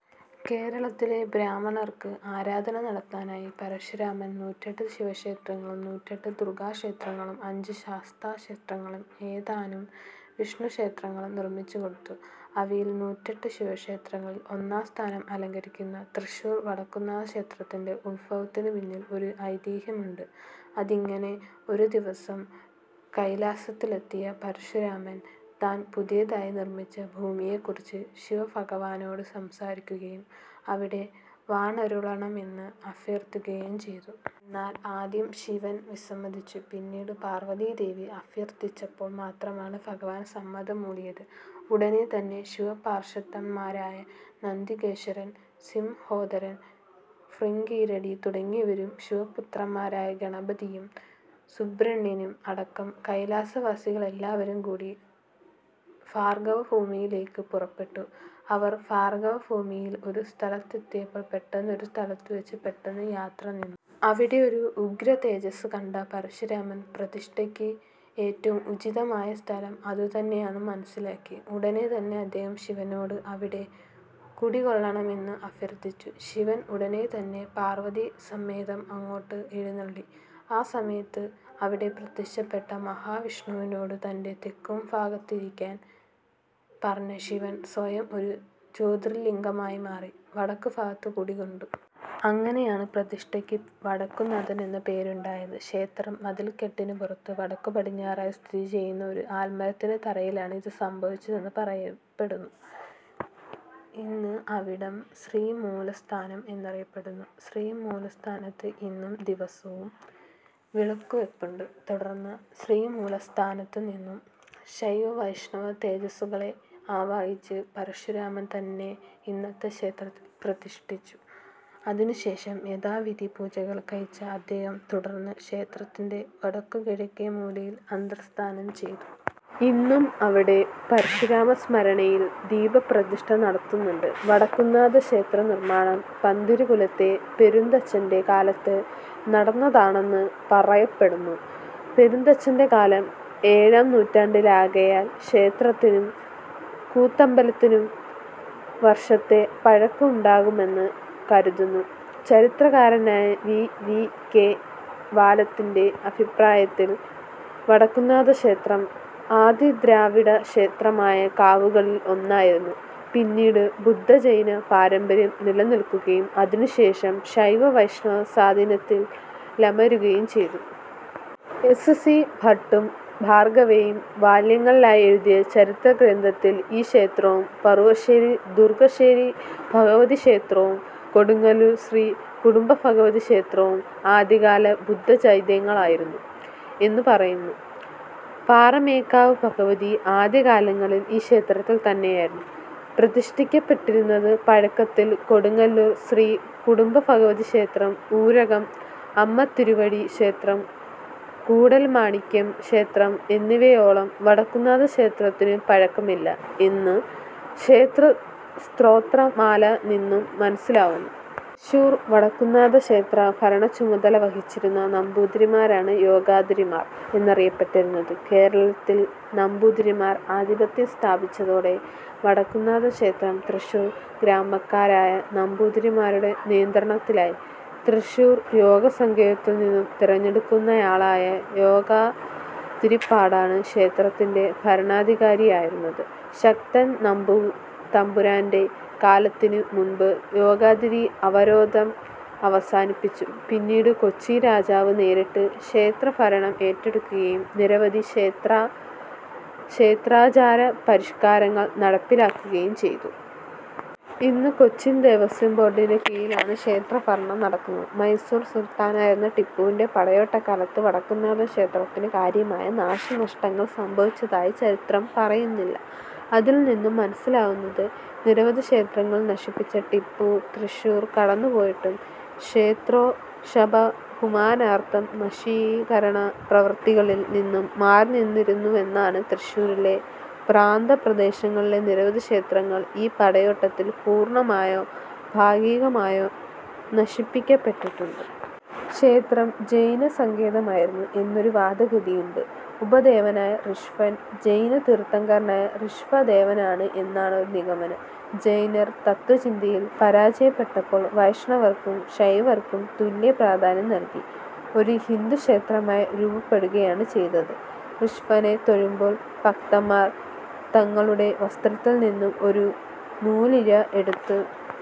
കേരളത്തിലെ ബ്രാഹ്മണർക്ക് ആരാധന നടത്താനായി പരശുരാമൻ നൂറ്റെട്ട് ശിവക്ഷേത്രങ്ങളും നൂറ്റെട്ട് ദുർഗ്ഗാക്ഷേത്രങ്ങളും അഞ്ച് ശാസ്താക്ഷേത്രങ്ങളും ഏതാനും വിഷ്ണുക്ഷേത്രങ്ങളും നിർമ്മിച്ചുകൊടുത്തു. അവയിൽ നൂറ്റെട്ട് ശിവക്ഷേത്രങ്ങളിൽ ഒന്നാം സ്ഥാനം അലങ്കരിയ്ക്കുന്ന തൃശ്ശൂർ വടക്കുംനാഥക്ഷേത്രത്തിന്റെ ഉത്ഭവത്തിനുപിന്നിൽ ഒരു ഐതിഹ്യമുണ്ട്. അതിങ്ങനെ: ഒരുദിവസം കൈലാസത്തിലെത്തിയ പരശുരാമൻ താൻ പുതുതായി നിർമ്മിച്ച ഭൂമിയെക്കുറിച്ച് ശിവഭഗവാനോട് സംസാരിയ്ക്കുകയും അവിടെ വാണരുളണമെന്ന് അഭ്യർത്ഥിയ്ക്കുകയും ചെയ്തു. എന്നാൽ ആദ്യം ശിവൻ വിസമ്മതിച്ചു. പിന്നീട് പാർവ്വതീദേവി അഭ്യർത്ഥിച്ചപ്പോൾ മാത്രമാണ് ഭഗവാൻ സമ്മതം മൂളിയത്. ഉടനെത്തന്നെ ശിവപാർഷദന്മാരായ നന്തികേശ്വരൻ, സിംഹോദരൻ, ഭൃംഗീരടി തുടങ്ങിയവരും ശിവപുത്രന്മാരായ ഗണപതിയും സുബ്രഹ്മണ്യനും അടക്കം കൈലാസവാസികളെല്ലാവരും കൂടി ഭാർഗ്ഗവഭൂമിയിലേയ്ക്ക് പുറപ്പെട്ടു. അവർ ഭാർഗ്ഗവഭൂമിയിൽ ഒരു സ്ഥലത്തെത്തിയപ്പോൾ പെട്ടെന്നൊരു സ്ഥലത്തുവച്ച് പെട്ടെന്ന് യാത്ര നിന്നു. അവിടെ ഒരു ഉഗ്രതേജസ്സ് കണ്ട പരശുരാമൻ പ്രതിഷ്ഠയ്ക്ക് ഏറ്റവും ഉചിതമായ സ്ഥലം അതുതന്നെയെന്ന് മനസ്സിലാക്കി. ഉടനെത്തന്നെ അദ്ദേഹം ശിവനോട് അവിടെ കുടികൊള്ളണമെന്ന് അഭ്യർത്ഥിച്ചു. ശിവൻ ഉടനെത്തന്നെ പാർവ്വതീസമേതം അങ്ങോട്ട് എഴുന്നള്ളി. ആ സമയത്ത് അവിടെ പ്രത്യക്ഷപ്പെട്ട മഹാവിഷ്ണുവിനോട് തന്റെ തെക്കുഭാഗത്തിരിയ്ക്കാൻ പറഞ്ഞ ശിവൻ സ്വയം ഒരു ജ്യോതിർലിംഗമായി മാറി വടക്കുഭാഗത്ത് കുടികൊണ്ടു. അങ്ങനെയാണ് പ്രതിഷ്ഠയ്ക്ക് വടക്കുംനാഥൻ എന്ന പേരുണ്ടായത്. ക്ഷേത്രമതിൽക്കെട്ടിനുപുറത്ത് വടക്കുപടിഞ്ഞാറായി സ്ഥിതിചെയ്യുന്ന ഒരു ആൽമരത്തിന്റെ തറയിലാണ് ഇത് സംഭവിച്ചതെന്ന് പറയപ്പെടുന്നു. ഇന്ന് അവിടം ശ്രീമൂലസ്ഥാനം എന്നറിയപ്പെടുന്നു. ശ്രീമൂലസ്ഥാനത്ത് ഇന്നും ദിവസവും വിളക്കുവയ്പുണ്ട്. തുടർന്ന് ശ്രീമൂലസ്ഥാനത്തുനിന്നും ശൈവവൈഷ്ണവതേജസ്സുകളെ ആവാഹിച്ച് പരശുരാമൻ തന്നെ ഇന്നത്തെ ക്ഷേത്രത്തി പ്രതിഷ്ഠിച്ചു. അതിനുശേഷം യഥാവിധി പൂജകൾ കഴിച്ച അദ്ദേഹം തുടർന്ന് ക്ഷേത്രത്തിന്റെ വടക്കുകിഴക്കേമൂലയിൽ അന്തർദ്ധാനം ചെയ്തു. ഇന്നും അവിടെ പരശുരാമസ്മരണയിൽ ദീപപ്രതിഷ്ഠ നടത്തുന്നുണ്ട്. വടക്കുംനാഥക്ഷേത്ര നിർമ്മാണം പന്തിരുകുലത്തിലെ പെരുന്തച്ചൻറെ കാലത്ത് നടന്നതാണെന്ന് പറയപ്പെടുന്നു. പെരുന്തച്ചൻറെ കാലം ഏഴാം നൂറ്റാണ്ടിലാകയാൽ ക്ഷേത്രത്തിനും കൂത്തമ്പലത്തിനും വർഷത്തെ പഴക്കം ഉണ്ടാകുമെന്ന് കരുതുന്നു.. ചരിത്രകാരനായ വി. വി. കെ. വാലത്തിന്റെ അഭിപ്രായത്തിൽ വടക്കുംനാഥക്ഷേത്രം ആദിദ്രാവിഡക്ഷേത്രമായ കാവുകളിൽ ഒന്നായിരുന്നു. പിന്നീട് ബുദ്ധ-ജൈന പാരമ്പര്യം നിലനിൽക്കുകയും അതിനുശേഷം ശൈവ-വൈഷ്ണവ സ്വാധീനത്തിലമരുകയും ചെയ്തു. എസ്. സി. ഭട്ടും ബാർഗവയും വാല്യങ്ങളിലായി എഴുതിയ ചരിത്രഗ്രന്ഥത്തിൽ ഈ ക്ഷേത്രവും പറുവശ്ശേരി ദുർഗ്ഗശ്ശേരി ഭഗവതി ക്ഷേത്രവും കൊടുങ്ങല്ലൂർ ശ്രീ കുരുംബഭഗവതി ക്ഷേത്രവും ആദ്യകാല ബുദ്ധചൈത്യങ്ങളായിരുന്നു എന്നു പറയുന്നു. പാറമേക്കാവ് ഭഗവതിയും ആദ്യകാലങ്ങളിൽ ഈ ക്ഷേത്രത്തിൽ തന്നെയായിരുന്നു പ്രതിഷ്ഠിക്കപ്പെട്ടിരുന്നത്. പഴക്കത്തിൽ കൊടുങ്ങല്ലൂർ ശ്രീ കുരുംബഭഗവതി ക്ഷേത്രം, ഊരകം അമ്മത്തിരുവടി ക്ഷേത്രം, കൂടൽമാണിക്യം ക്ഷേത്രം എന്നിവയോളം വടക്കുംനാഥക്ഷേത്രത്തിനു പഴക്കമില്ല എന്നു ക്ഷേത്രസ്തോത്രമാല നിന്നും മനസ്സിലാവുന്നു. തൃശ്ശുർ വടക്കുംനാഥക്ഷേത്ര ഭരണച്ചുമതല വഹിച്ചിരുന്ന നമ്പൂതിരിമാരാണ് യോഗാതിരിമാർ എന്നറിയപ്പെട്ടിരുന്നത്. കേരളത്തിൽ നമ്പൂതിരിമാർ ആധിപത്യം സ്ഥാപിച്ചതോടെ വടക്കുംനാഥൻ ക്ഷേത്രം തൃശ്ശൂർ ഗ്രാമക്കാരായ നമ്പൂതിരിമാരുടെ നിയന്ത്രണത്തിലായി. തൃശ്ശൂർ യോഗസങ്കേതത്തിൽനിന്നും തിരഞ്ഞെടുക്കുന്നയാളായ യോഗാതിരിപ്പാടാണ് ക്ഷേത്രത്തിൻറെ ഭരണാധികാരിയായിരുന്നത്. ശക്തൻ തമ്പുരാന്റെ കാലത്തിനു മുൻപ് യോഗാതിരി അവരോധം അവസാനിപ്പിച്ചു. പിന്നീട് കൊച്ചിരാജാവ് നേരിട്ട് ക്ഷേത്രഭരണം ഏറ്റെടുക്കുകയും നിരവധി ക്ഷേത്ര ക്ഷേത്രാചാര പരിഷ്കാരങ്ങൾ നടപ്പിലാക്കുകയും ചെയ്തു. ഇന്ന് കൊച്ചിൻ ദേവസ്വം ബോർഡിൻറെ കീഴിലാണ് ക്ഷേത്രഭരണം നടക്കുന്നത്. മൈസൂർ സുൽത്താനായിരുന്ന ടിപ്പുവിന്റെ പടയോട്ടകാലത്ത് വടക്കുംനാഥൻ ക്ഷേത്രത്തിനു കാര്യമായ നാശനഷ്ടങ്ങൾ സംഭവിച്ചതായി ചരിത്രം പറയുന്നില്ല. അതിൽ നിന്നും മനസ്സിലാവുന്നത് നിരവധിക്ഷേത്രങ്ങൾ നശിപ്പിച്ച ടിപ്പു, തൃശ്ശൂർ കടന്നു പോയിട്ടും ക്ഷേത്രേശബഹുമാനാർത്ഥം നശീകരണ പ്രവൃത്തികളിൽ നിന്നും മാറിനിന്നിരുന്നുവെന്നാണ്. തൃശ്ശൂരിലെ പ്രാന്തപ്രദേശങ്ങളിലെ നിരവധി ക്ഷേത്രങ്ങൾ ഈ പടയോട്ടത്തിൽ പൂർണ്ണമായോ ഭാഗികമായോ നശിപ്പിയ്ക്കപ്പെട്ടിട്ടുണ്ട്. ക്ഷേത്രം ജൈനസങ്കേതമായിരുന്നു എന്നൊരു വാദഗതിയുണ്ട്. ഉപദേവനായ ഋഷഭൻ ജൈന തീർത്ഥങ്കരനായ ഋഷഭദേവനാണ് എന്നാണ് ഒരു നിഗമനം. ജൈനർ തത്ത്വചിന്തയിൽ പരാജയപ്പെട്ടപ്പോൾ വൈഷ്ണവർക്കും ശൈവർക്കും തുല്യ പ്രാധാന്യം നൽകി ഒരു ഹിന്ദുക്ഷേത്രമായി രൂപപ്പെടുകയാണ് ചെയ്തത്. ഋഷഭനെ തൊഴുമ്പോൾ ഭക്തന്മാർ തങ്ങളുടെ വസ്ത്രത്തിൽ നിന്നും ഒരു നൂലിഴ എടുത്ത്